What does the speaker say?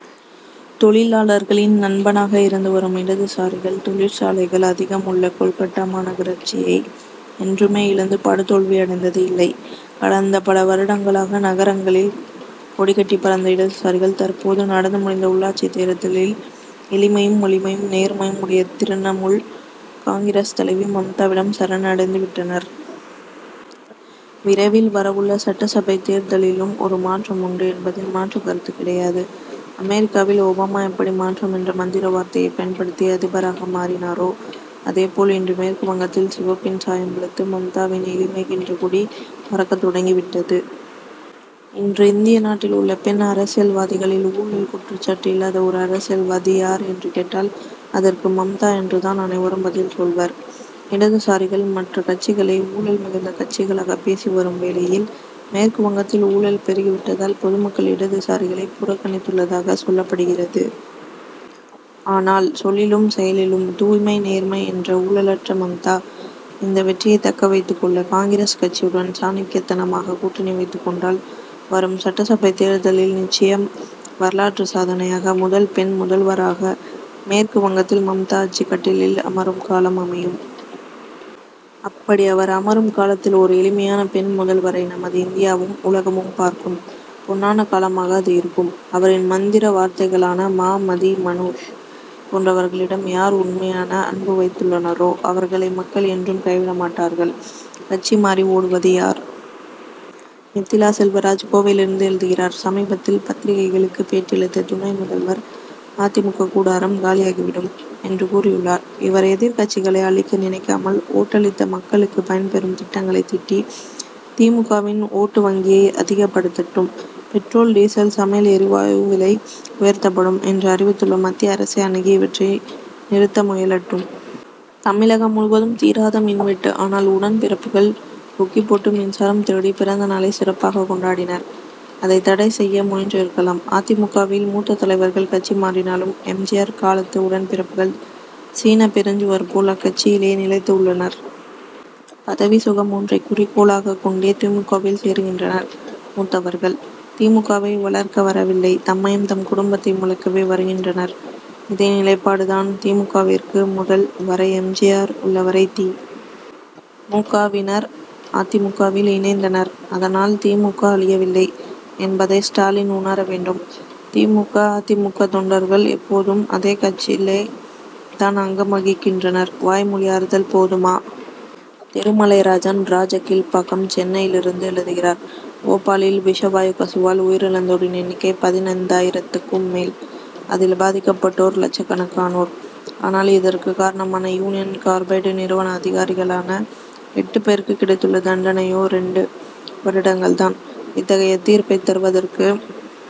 தொழிலாளர்களின் நண்பனாக இருந்து வரும் இடதுசாரிகள், தொழிற்சாலைகள் அதிகம் உள்ள கோல்கட்டா மாநகராட்சியை என்றுமே இழந்து படுதோல்வி அடைந்தது இல்லை. கடந்த பல வருடங்களாக, நகரங்களில் கொடிகட்டிப் பறந்த இடதுசாரிகள், தற்போது நடந்து முடிந்த உள்ளாட்சித் தேர்தலில் எளிமையும், வலிமையும், நேர்மையும் உடைய திரிணமுல் காங்கிரஸ் தலைவி மம்தாவிடம் சரண் அடைந்துவிட்டனர். விரைவில் வரவுள்ள சட்டசபைத் தேர்தலிலும், ஒரு மாற்றம் உண்டு என்பதில் மாற்றுக் கருத்துக் கிடையாது. அமெரிக்காவில் ஒபாமா எப்படி மாற்றம் என்ற மந்திர வார்த்தையைப் பயன்படுத்தி அதிபராக மாறினாரோ, அதே போல் இன்று மேற்கு வங்கத்தில் சிவப்பின் சாயம் வெளுத்து, மம்தாவின் எளிமை என்ற கொடி பறக்கத் தொடங்கி விட்டது. இன்று, இந்திய நாட்டில் உள்ள பெண் அரசியல்வாதிகளில், ஊழல் குற்றச்சாட்டு இல்லாத ஒரு அரசியல்வாதி யார் என்று கேட்டால், அதற்கு மம்தா என்று தான் அனைவரும் பதில் சொல்வர். இடதுசாரிகள், மற்ற கட்சிகளை ஊழல் மிகுந்த கட்சிகளாக பேசி வரும் வேளையில், மேற்கு வங்கத்தில் ஊழல் பெருகிவிட்டதால், பொதுமக்கள் இடதுசாரிகளை புறக்கணித்துள்ளதாக சொல்லப்படுகிறது. ஆனால், சொல்லிலும், செயலிலும் தூய்மை, நேர்மை என்ற ஊழலற்ற மம்தா, இந்த வெற்றியை தக்க வைத்துக் கொள்ள, காங்கிரஸ் கட்சியுடன், சாணக்கியத்தனமாக கூட்டணி வைத்துக் கொண்டால், வரும் சட்டசபை தேர்தலில் நிச்சயம் வரலாற்று சாதனையாக, முதல் பெண் முதல்வராக, மேற்கு வங்கத்தில் மம்தா ஆட்சிக் கட்டிலில் அமரும் காலம் அமையும். அப்படி, அவர் அமரும் காலத்தில் ஒரு எளிமையான பெண் முதல்வரை நமது இந்தியாவும், உலகமும் பார்க்கும் பொன்னான காலமாக அது இருக்கும். அவரின் மந்திர வார்த்தைகளான மா, மதி, மநூஷ் போன்றவர்களிடம், யார் உண்மையான அன்பு வைத்துள்ளனரோ, அவர்களை மக்கள் என்றும் கைவிட மாட்டார்கள். கட்சி மாறி ஓடுவது யார்? நித்திலா செல்வராஜ், கோவையிலிருந்து எழுதுகிறார் சமீபத்தில் பத்திரிகைகளுக்கு பேட்டியளித்த துணை முதல்வர், அ. தி. மு. க. கூடாரம் காலியாகிவிடும்' என்று கூறியுள்ளார். இவர், எதிர்க்கட்சிகளை அழிக்க நினைக்காமல், ஓட்டளித்த மக்களுக்கு பயன்பெறும் திட்டங்களை தீட்டி, தி. மு. க.வின் ஓட்டு வங்கியை அதிகப்படுத்தட்டும். பெட்ரோல், டீசல், சமையல் எரிவாயு விலை உயர்த்தப்படும்' என்று அறிவித்துள்ள மத்திய அரசை அணுகி, இவற்றை நிறுத்த முயலட்டும். தமிழகம் முழுவதும், தீராத மின்வெட்டு. ஆனால், உடன்பிறப்புகள், கொக்கிபோட்டு மின்சாரம் திருடி, பிறந்தநாளை சிறப்பாக கொண்டாடினர். அதைத் தடை செய்ய முயன்று இருக்கலாம்! அ. தி. மு. க.வில், மூத்த தலைவர்கள் கட்சி மாறினாலும், எம். ஜி. ஆர். காலத்து உடன்பிறப்புகள், சீன பெருஞ்சுவர் போல், அக்கட்சியிலேயே நிலைத்து உள்ளனர். பதவி சுகம் ஒன்றை குறிக்கோளாக கொண்டே தி. மு. க.வில் சேருகின்றனர் மூத்தவர்கள். தி. மு. க.வை வளர்க்க வரவில்லை, தம்மையும், தம் குடும்பத்தையும் வளர்க்கவே வருகின்றனர். இதே நிலைபாடு தான் தி. மு. க.விற்கு. முதல், வரை, எம். ஜி. ஆர். உள்ளவரை, தி. மு. க.வினர், அ. தி. மு. க.வில் இணைந்தனர். அதனால், தி. மு. க. அழியவில்லை என்பதை ஸ்டாலின் உணர வேண்டும். தி. மு. க. அ. தி. மு. க. தொண்டர்கள், எப்போதும் அதே கட்சியிலே தான் அங்கம் வகிக்கின்றனர். வாய்மொழி ஆறுதல் போதுமா? திருமலைராஜன், ராஜகீழ்ப்பாக்கம், சென்னையிலிருந்து எழுதுகிறார் போபாலில், விஷவாயுக் கசிவால் உயிர் இழந்தோரின் எண்ணிக்கை பதினைந்தாயிரத்துக்கும் மேல். அதில் பாதிக்கப்பட்டோர் லட்சக்கணக்கானோர். ஆனால், இதற்குக் காரணமான யூனியன் கார்பைடு நிறுவன அதிகாரிகளான, எட்டு பேருக்கு கிடைத்துள்ள தண்டனை யோ, இரண்டு வருடங்கள் தான்! இத்தகைய தீர்ப்பைத் தருவதற்கு,